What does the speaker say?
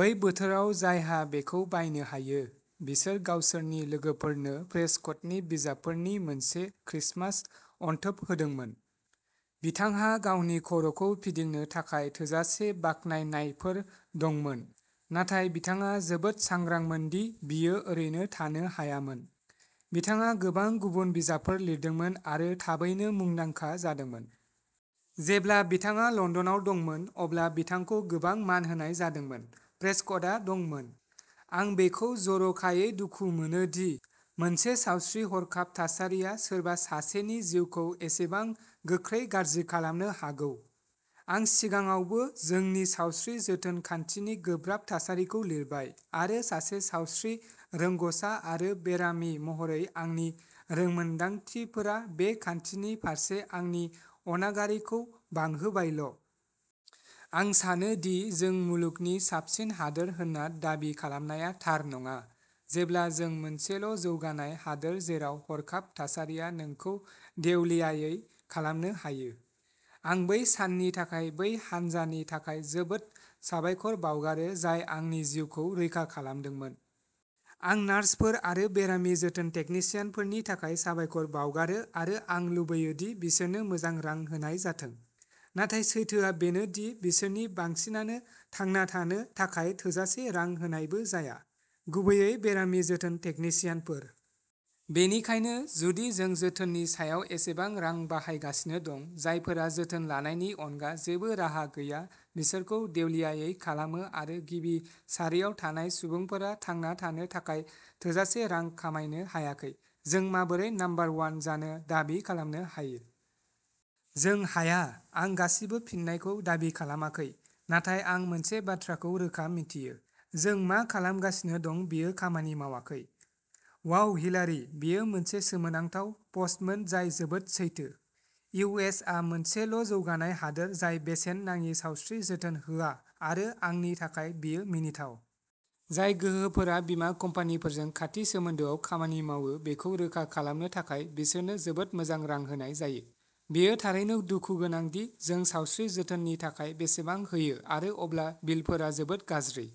बै बोथोराव जायहा बेखौ बायनो हायो, बिसोर गावसोरनि लोगोफोरनो प्रेस्कटनि बिजाबफोरनि मोनसे क्रिसमास अनथोब होदोंमोन। बिथांहा गावनि खर'खौ फिदिंनो थाखाय थोजासे बाखनायनायफोर दंमोन, नाथाय बिथाङा जोबोद सांग्रांमोन दि बियो ओरैनो थानो हायामोन। बिथाङा गोबां गुबुन बिजाबफोर लिरदोंमोन आरो थाबैनो मुंदांखा जादोंमोन। जेब्ला बिथाङा लन्दनाव दंमोन, अब्ला बिथांखौ गोबां मान होनाय जादोंमोन। प्रेस्कटआ दंमोन। आं बेखौ जर'खायै दुखु मोनो दि मोनसे सावस्रि हरखाब थासारिया सोरबा सासेनि जिउखौ एसेबां गोख्रै गाज्रि खालामनो हागौ। आं सिगाङावबो जोंनि सावस्रि जोथोन खान्थिनि गोब्राब थासारिखौ लिरबाय, आरो सासे सावस्रि रोंग'सा आरो बेरामि महरै आंनि रोंमोनदांथिफोरा बे खान्थिनि फारसे आंनि अनागारिखौ बांहोबायल'। आं सानो दि जों मुलुगनि साबसिन हादोर होनना दाबि खालामनाया थार नङा, जेब्ला जों मोनसेल'जौगानाय हादोर जेराव हरखाब थासारिया नोंखौ देउलियायै खालामनो हायो। आं बै साननि थाखाय बै हानजानि थाखाय जोबोद साबायखर बावगारो जाय आंनि जिउखौ रैखा खालामदोंमोन। आं नार्सफोर आरो बेरामि जोथोन टेकनिशियानफोरनि थाखाय साबायखर बावगारो आरो आं लुबैयो दि बिसोरनो मोजां रां होनाय जाथों, नाथाय सैथोआ बेनो दि बिसोरनि बांसिनानो थांना थानो थाखाय थोजासे रां होनायबो जाया। गुबैयै बेरामि जोथोन टेकनिशियानफोर। बेनिखायनो, जुदि जों जोथोननि सायाव एसेबां रां बाहायगासिनो दं, जायफोरा जोथोन लानायनि अनगा जेबो राहा गैया बिसोरखौ देउलियायै खालामो आरो गिबि सारियाव थानाय सुबुंफोरा थांना थानो थाखाय थोजासे रां खामायनो हायाखै, जों माबोरै नम्बर वन जानो दाबि खालामनो हायो? जों हाया। आं गासिबो फिननायखौ दाबि खालामाखै, नाथाय आं मोनसे बाथ्राखौ रोखा मिथियोः जों मा खालामगासिनो दं बेयो खामानि मावाखै। वाव हिलारि, बेयो मोनसे सोमोनांथाव पस्टमोन जाय जोबोद सैथो! इउ. एस. आ मोनसेल'जौगानाय हादोर जाय बेसेन नाङि सावस्रि जोथोन होआ आरो आंनि थाखाय बेयो मिनिथाव! जाय गोहोफोरा बीमा कम्पानिफोरजों खाथि सोमोन्दोआव खामानि मावो बेखौ रोखा खालामनो थाखाय बिसोरनो जोबोद मोजां रां होनाय जायो! बेयो थारैनो दुखु गोनां दि जों सावस्रि जोथोननि थाखाय बेसेबां होयो आरो अब्ला बिलफोरा जोबोद गाज्रि!